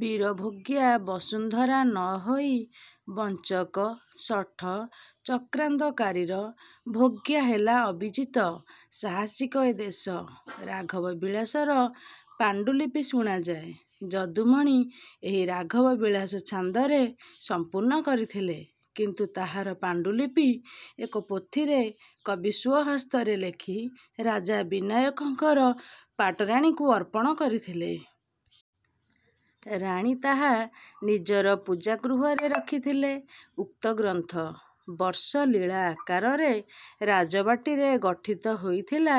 ବୀରଭୋଗ୍ୟା ବସୁନ୍ଧରା ନ ହୋଇ ବଞ୍ଚକ, ଶଠ, ଚକ୍ରାନ୍ତକାରୀର ଭୋଗ୍ୟା ହେଲା ଅବିଜିତ, ସାହସିକ ଏ ଦେଶ। ରାଘବ ବିଳାସର ପାଣ୍ଡୁଲିପି ଶୁଣାଯାଏ ଯଦୁମଣି ଏହି ରାଘବ ବିଳାସ ଛାନ୍ଦରେ ସମ୍ପୂର୍ଣ୍ଣ କରିଥିଲେ। କିନ୍ତୁ ତାହାର ପାଣ୍ଡୁଲିପି ଏକ ପୋଥିରେ କବି ସ୍ୱହସ୍ତରେ ଲେଖି ରାଜା ବିନାୟକଙ୍କର ପାଟରାଣୀଙ୍କୁ ଅର୍ପଣ କରିଥିଲେ। ରାଣୀ ତାହା ନିଜର ପୂଜା ଗୃହରେ ରଖିଥିଲେ। ଉକ୍ତ ଗ୍ରନ୍ଥ। ବର୍ଷ ଲୀଳା ଆକାରରେ ରାଜବାଟୀରେ ଗଠିତ ହୋଇଥିଲା।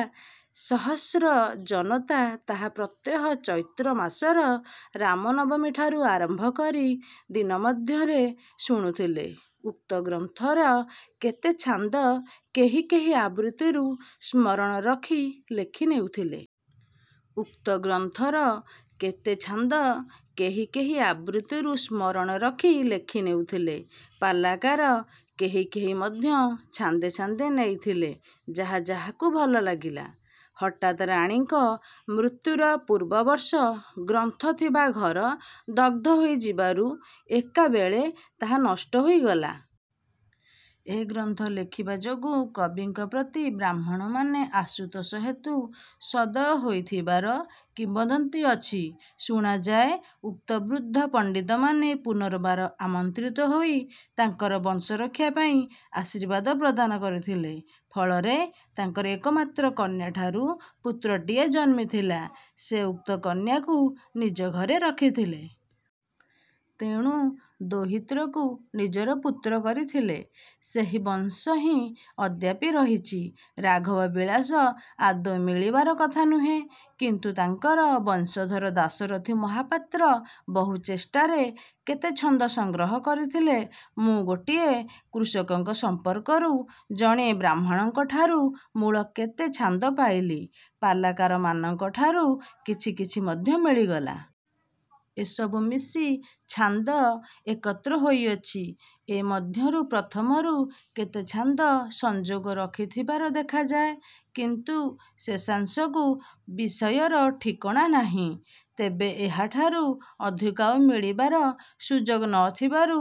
ସହସ୍ର ଜନତା ତାହା ପ୍ରତ୍ୟହ ଚୈତ୍ର ମାସର ରାମନବମୀଠାରୁ ଆରମ୍ଭ କରି ଦିନମଧ୍ୟରେ ଶୁଣୁଥିଲେ। ଉକ୍ତ ଗ୍ରନ୍ଥର କେତେ ଛାନ୍ଦ କେହି କେହି ଆବୃତ୍ତିରୁ ସ୍ମରଣ ରଖି ଲେଖି ନେଉଥିଲେ। ଉକ୍ତ ଗ୍ରନ୍ଥର କେତେ ଛାନ୍ଦ କେହି କେହି ଆବୃତ୍ତିରୁ ସ୍ମରଣ ରଖି ଲେଖି ନେଉଥିଲେ। ପାଲାକାର କେହି କେହି ମଧ୍ୟ ଛାନ୍ଦେ ଛାନ୍ଦେ ନେଇଥିଲେ- ଯାହା ଯାହାକୁ ଭଲ ଲାଗିଲା। ହଠାତ୍ ରାଣୀଙ୍କ ମୃତ୍ୟୁର ପୂର୍ବ ବର୍ଷ ଗ୍ରନ୍ଥ ଥିବା ଘର ଦଗ୍ଧ ହୋଇଯିବାରୁ ଏକାବେଳେ ତାହା ନଷ୍ଟ ହୋଇଗଲା। ଏ ଗ୍ରନ୍ଥ ଲେଖିବା ଯୋଗୁଁ କବିଙ୍କ ପ୍ରତି ବ୍ରାହ୍ମଣମାନେ ଆଶୁତୋଷ ହେତୁ ସଦୟ ହୋଇଥିବାର କିମ୍ବଦନ୍ତୀ ଅଛି। ଶୁଣାଯାଏ ଉକ୍ତ ବୃଦ୍ଧ ପଣ୍ଡିତମାନେ ପୁନର୍ବାର ଆମନ୍ତ୍ରିତ ହୋଇ ତାଙ୍କର ବଂଶରକ୍ଷା ପାଇଁ ଆଶୀର୍ବାଦ ପ୍ରଦାନ କରିଥିଲେ। ଫଳରେ ତାଙ୍କର ଏକମାତ୍ର କନ୍ୟାଠାରୁ ପୁତ୍ରଟିଏ ଜନ୍ମିଥିଲା। ସେ ଉକ୍ତ କନ୍ୟାକୁ ନିଜ ଘରେ ରଖିଥିଲେ। ତେଣୁ ଦୌହିତ୍ରକୁ ନିଜର ପୁତ୍ର କରିଥିଲେ। ସେହି ବଂଶ ହିଁ ଅଦ୍ୟାପି ରହିଛି। ରାଘବ ବିଳାସ ଆଦୌ ମିଳିବାର କଥା ନୁହେଁ। କିନ୍ତୁ ତାଙ୍କର ବଂଶଧର ଦାଶରଥି ମହାପାତ୍ର ବହୁ ଚେଷ୍ଟାରେ କେତେ ଛନ୍ଦ ସଂଗ୍ରହ କରିଥିଲେ। ମୁଁ ଗୋଟିଏ କୃଷକଙ୍କ ସଂପର୍କରୁ ଜଣେ ବ୍ରାହ୍ମଣଙ୍କଠାରୁ ମୂଳ କେତେ ଛାନ୍ଦ ପାଇଲି, ପାଲାକାରମାନଙ୍କଠାରୁ କିଛି କିଛି ମଧ୍ୟ ମିଳିଗଲା-। ଏସବୁ ମିଶି ଛାନ୍ଦ ଏକତ୍ର ହୋଇଅଛି। ଏ ମଧ୍ୟରୁ ପ୍ରଥମରୁ କେତେ ଛାନ୍ଦ ସଂଯୋଗ ରଖିଥିବାର ଦେଖାଯାଏ। କିନ୍ତୁ ଶେଷାଂଶକୁ ବିଷୟର ଠିକଣା ନାହିଁ। ତେବେ ଏହାଠାରୁ ଅଧିକ ଆଉ ମିଳିବାର ସୁଯୋଗ ନ ଥିବାରୁ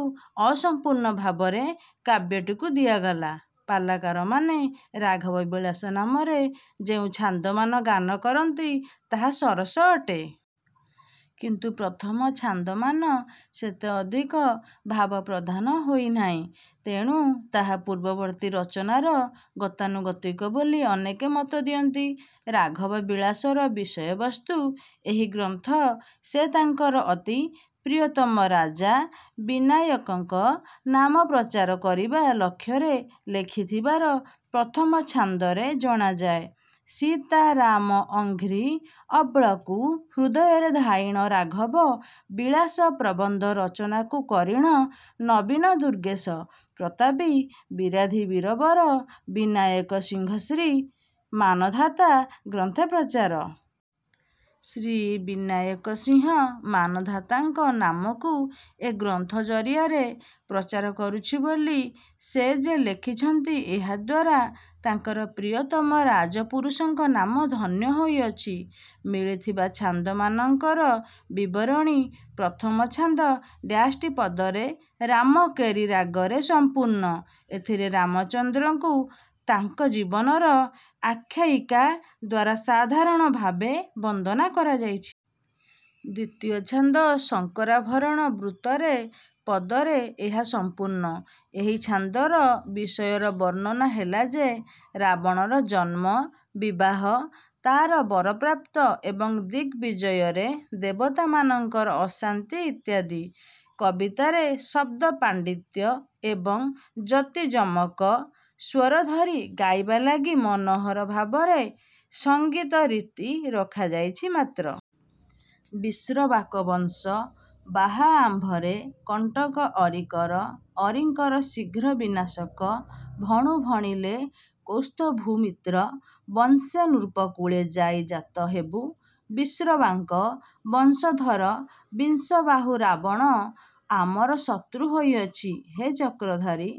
ଅସଂପୂର୍ଣ୍ଣ ଭାବରେ କାବ୍ୟଟିକୁ ଦିଆଗଲା। ପାଲାକାରମାନେ ରାଘବ ବିଳାସ ନାମରେ ଯେଉଁ ଛାନ୍ଦମାନ ଗାନ କରନ୍ତି ତାହା ସରସ ଅଟେ। କିନ୍ତୁ ପ୍ରଥମ ଛାନ୍ଦମାନ ସେତେ ଅଧିକ ଭାବପ୍ରଧାନ ହୋଇ ନାହିଁ। ତେଣୁ ତାହା ପୂର୍ବବର୍ତ୍ତୀ ରଚନାର ଗତାନୁଗତିକ ବୋଲି ଅନେକେ ମତଦିଅନ୍ତି। ରାଘବ ବିଳାସର ବିଷୟବସ୍ତୁ ଏହି ଗ୍ରନ୍ଥ ସେ ତାଙ୍କର ଅତି ପ୍ରିୟତମ ରାଜା ବିନାୟକଙ୍କ ନାମ ପ୍ରଚାର କରିବା ଲକ୍ଷ୍ୟରେ ଲେଖିଥିବାର ପ୍ରଥମ ଛାନ୍ଦରେ ଜଣାଯାଏ- ସୀତା ରାମ ଅଂଘ୍ରି, ଅବ୍ଳକୁ ହୃଦୟରେ ଧ୍ୟାୟିଣ ରାଘବ ବିଳାସ ପ୍ରବନ୍ଧ ରଚନାକୁ କରିଣ ନବୀନ ଦୁର୍ଗେଶ ପ୍ରତାପୀ ବିରାଧି ବୀରବର ବିନାୟକ ସିଂହ ଶ୍ରୀ ମାନଧାତା ଗ୍ରନ୍ଥେ ପ୍ରଚାର। ଶ୍ରୀ ବିନାୟକ ସିଂହ ମାନଧାତାଙ୍କ ନାମକୁ ଏ ଗ୍ରନ୍ଥ ଜରିଆରେ ପ୍ରଚାର କରୁଛି ବୋଲି ସେ ଯେ ଲେଖିଛନ୍ତି, ଏହାଦ୍ୱାରା ତାଙ୍କର ପ୍ରିୟତମ ରାଜପୁରୁଷଙ୍କ ନାମ ଧନ୍ୟ ହୋଇଅଛି। ମିଳିଥିବା ଛାନ୍ଦମାନଙ୍କର ବିବରଣୀ- ପ୍ରଥମ ଛାନ୍ଦ- ଟି ପଦରେ ରାମକେରି ରାଗରେ ସମ୍ପୂର୍ଣ୍ଣ। ଏଥିରେ ରାମଚନ୍ଦ୍ରଙ୍କୁ ତାଙ୍କ ଜୀବନର ଆଖ୍ୟାୟିକାଦ୍ୱାରା ସାଧାରଣଭାବେ ବନ୍ଦନା କରାଯାଇଛି। ଦ୍ୱିତୀୟ ଛାନ୍ଦ- ଶଙ୍କରାଭରଣ ବୃତ୍ତରେ ପଦରେ ଏହା ସମ୍ପୂର୍ଣ୍ଣ। ଏହି ଛାନ୍ଦର ବିଷୟର ବର୍ଣ୍ଣନା ହେଲା ଯେ ରାବଣର ଜନ୍ମ, ବିବାହ, ତାର ବରପ୍ରାପ୍ତ ଏବଂ ଦିଗବିଜୟରେ ଦେବତାମାନଙ୍କର ଅଶାନ୍ତି ଇତ୍ୟାଦି। କବିତାରେ ଶବ୍ଦପାଣ୍ଡିତ୍ୟ ଏବଂ ଯତି ଯମକ, ସ୍ୱରଧରି ଗାଇବା ଲାଗି ମନୋହର ଭାବରେ ସଂଗୀତରୀତି ରଖାଯାଇଛି ମାତ୍ର। ବିଶ୍ରବାକ ବଂଶ ବାହା ଆମ୍ଭରେ କଣ୍ଟକ ଅରି କର! ଅରିଙ୍କର ଶ୍ରୀଘ୍ର ବିନାଶକ, ଭଣୁ ଭଣିଲେ କୌସ୍ତ୍ୱଭୂ ମିତ୍ର ବଂଶେ ନୃପକୁଳେ ଯାଇ ଜାତ ହେବୁ। ବିଶ୍ରବାଙ୍କ ବଂଶଧର ବିଂଶବାହୁ ରାବଣ ଆମର ଶତ୍ରୁ ହୋଇଅଛି। ହେ ଚକ୍ରଧାରୀ!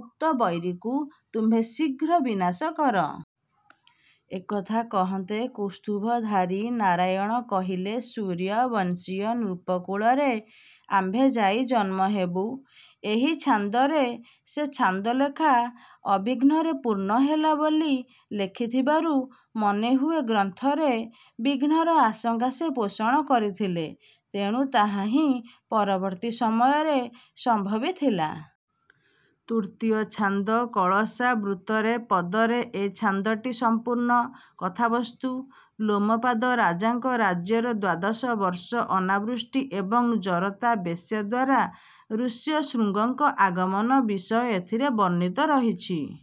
ଉକ୍ତ ବୈରୀକୁ ତୁମ୍ଭେ ଶୀଘ୍ର ବିନାଶ କର। ଏ କଥା କହନ୍ତେ କୌସ୍ତୁଭ−ଧାରୀ ନାରାୟଣ କହିଲେ, ସୂର୍ୟ୍ୟବଂଶୀୟ ନୃପକୁଳରେ ଆମ୍ଭେ ଯାଇ ଜନ୍ମ ହେବୁ। ଏହି ଛାନ୍ଦରେ ସେ ଛାନ୍ଦଲେଖା ଅବିଘ୍ନରେ ପୂର୍ଣ୍ଣ ହେଲା ବୋଲି ଲେଖିଥିବାରୁ ମନେ ହୁଏ ଗ୍ରନ୍ଥରେ ବିଘ୍ନର ଆଶଙ୍କା ସେ ପୋଷଣ କରିଥିଲେ। ତେଣୁ ତାହା ହିଁ ପରବର୍ତ୍ତୀ ସମୟରେ ସମ୍ଭବିଥିଲା। ତୃତୀୟ ଛାନ୍ଦ-କଳସା ବୃତ୍ତରେ ପଦରେ ଏ ଛାନ୍ଦଟି ସଂପୂର୍ଣ୍ଣ। କଥାବସ୍ତୁ-ଲୋମପାଦ ରାଜାଙ୍କ ରାଜ୍ୟର ଦ୍ୱାଦଶ ବର୍ଷ ଅନାବୃଷ୍ଟି ଏବଂ ଜରତା ବେଶ୍ୟାଦ୍ୱାରା ଋଷ୍ୟଶୃଙ୍ଗଙ୍କ ଆଗମନ ବିଷୟ ଏଥିରେ ବର୍ଣ୍ଣିତ ରହିଛି।